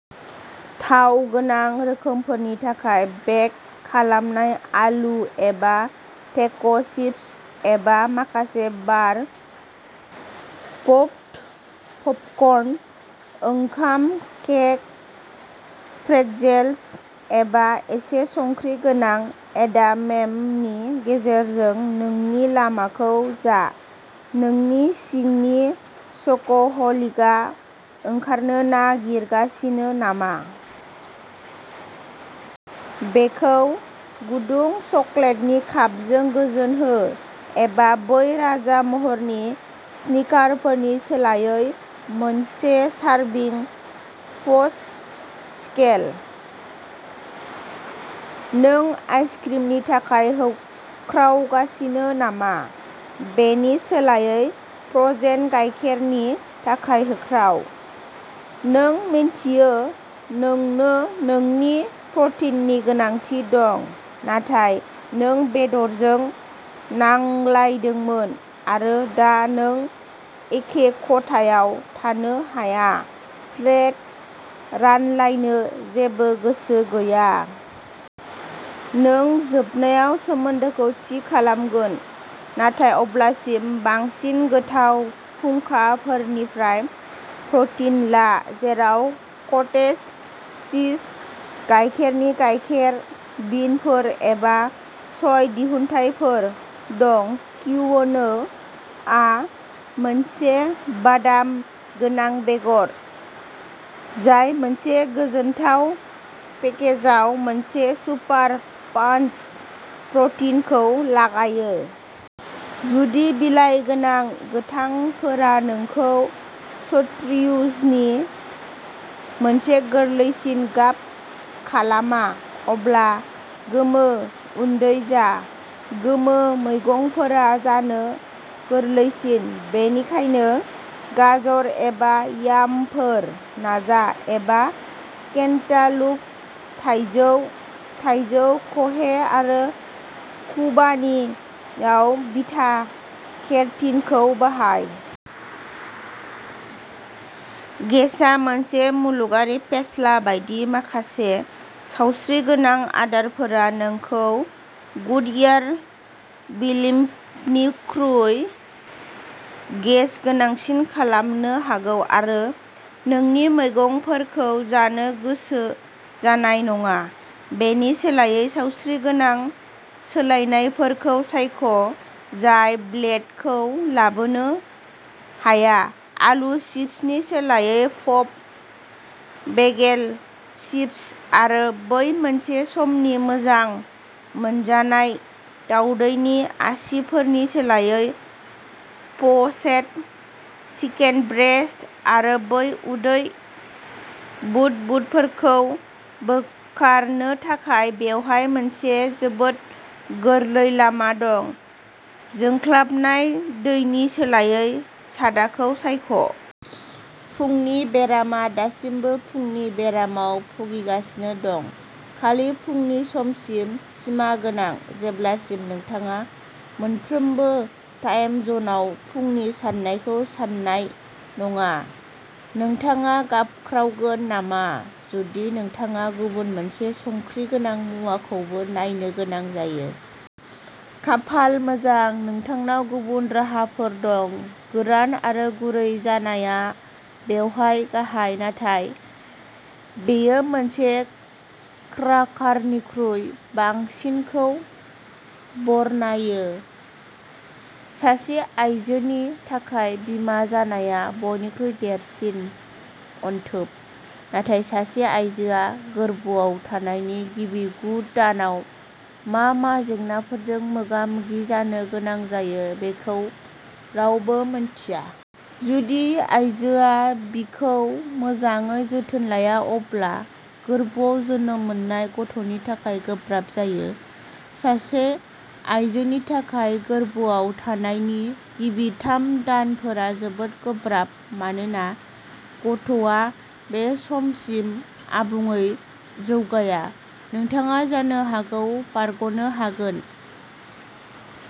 थाव गोनां रोखोमफोरनि थाखाय बेक खालामनाय आलु एबा टेक' चिप्स एबा माखासे बार पप्ड पपकर्न, ओंखाम केक, प्रेटजेल्स, एबा एसे संख्रि गोनां एडामेमनि गेजेरजों नोंनि लामाखौ जा। नोंनि सिंनि चक'हलिकआ ओंखारनो नागिरगासिनो नामा? बेखौ गुदुं चकलेटनि कापजों गोजोन हो एबा बै राजा महरनि स्निकारफोरनि सोलायै मोनसे सारभिं फजसिकेल। नों आइसक्रिमनि थाखाय होख्रावगासिनो नामा? बेनि सोलायै फ्र'जेन गाइखेरनि थाखाय होख्राव। नों मिन्थियो नोंनो नोंनि प्र'टिननि गोनांथि दं, नाथाय नों बेदरजों नांलायदोंमोन आरो दा नों एखे खथायाव थानो हाया, प्लेट रानलायनो जेबो गोसो गैया। नों जोबनायाव सोमोन्दोखौ थि खालामगोन, नाथाय अब्लासिम, बांसिन गोथाव फुंखाफोरनिफ्राय प्र'टिन ला, जेराव कटेज चीज, गाइखेरनि गाइखेर, बिनफोर, एबा सय दिहुनथायफोर दं क्विनोआ, मोनसे बादाम गोनां बेगर जाय मोनसे गोजोनथाव पेकेजाव मोनसे सुपार पाञ्च प्रटिनखौ लागायो। जुदि बिलाइ गोनां गोथांफोरा नोंखौ चार्ट्र्यूजनि मोनसे गोरलैसिन गाब खालामा, अब्ला गोमो उदै जा। गोमो मैगंफोरा जानो गोरलैसिन, बेनिखायनो गाजर एबा यामफोर नाजा, एबा केन्टालुप, थाइजौ, थाइजौ खहे आरो खुबानीआव बिटा केरटिनखौ बाहाय। गेसा मोनसे मुलुगारि फेस्ला बायदि माखासे सावस्रिगोनां आदारफोरा नोंखौ गुडइयार ब्लिम्पनिख्रुइ गेस गोनांसिन खालामनो हागौ आरो नोंनि मैगंफोरखौ जानो गोसो जानाय नङा। बेनि सोलायै सावस्रिगोनां सोलायनायफोरखौ सायख' जाय ब्लेटखौ लाबोनो हाया। आलु चिप्सनि सोलायै पप बेगेल चिप्स, आरो बै मोनसे समनि मोजां मोनजानाय दावदैनि आसिफोरनि सोलायै प'चेद चिकेन ब्रेस्ट आरो बै उदै बुदबुदफोरखौ बोखारनो थाखाय बेवहाय मोनसे जोबोद गोरलै लामा दङ' जोंख्लाबनाय दैनि सोलायै, सादाखौ सायख'। फुंनि बेरामा दासिमबो फुंनि बेरामाव भुगिगासिनो दं। खालि फुंनि समसिम सिमागोनां, जेब्लासिम नोंथाङा मोनफ्रोमबो टाइम जनआव फुंनि साननायखौ सान्नाय नङा? नोंथाङा गाबख्रावगोन नामा, जुदि नोंथाङा गुबुन मोनसे संख्रि गोनां मुवाखौबो नायनो गोनां जायो? खाफाल मोजां, नोंथांनाव गुबुन राहाफोर दं। गोरान आरो गुरै जानाया बेवहाय गाहाय, नाथाय बेयो मोनसे क्राकारनिख्रुइ बांसिनखौ बरनायो। सासे आइजोनि थाखाय बिमा जानाया बयनिख्रुइ देरसिन अनथोब। नाथाय सासे आइजोआ गोर्बोआव थानायनि गिबि गु दानाव मा मा जेंनाफोरजों मोगा मोगि जानो गोनां जायो बेखौ रावबो मिन्थिया। जुदि आइजोआ बिखौ मोजाङै जोथोन लाया, अब्ला गोरबोआव जोनोम मोननाय गथ'नि थाखाय गोब्राब जायो। सासे आइजोनि थाखाय, गोर्बोआव थानायनि गिबि थाम दानफोरा जोबोद गोब्राब मानोना गथ'आ बे समसिम आबुङै जौगाया। नोंथाङा जानो हागौ बारग'नो हागोन।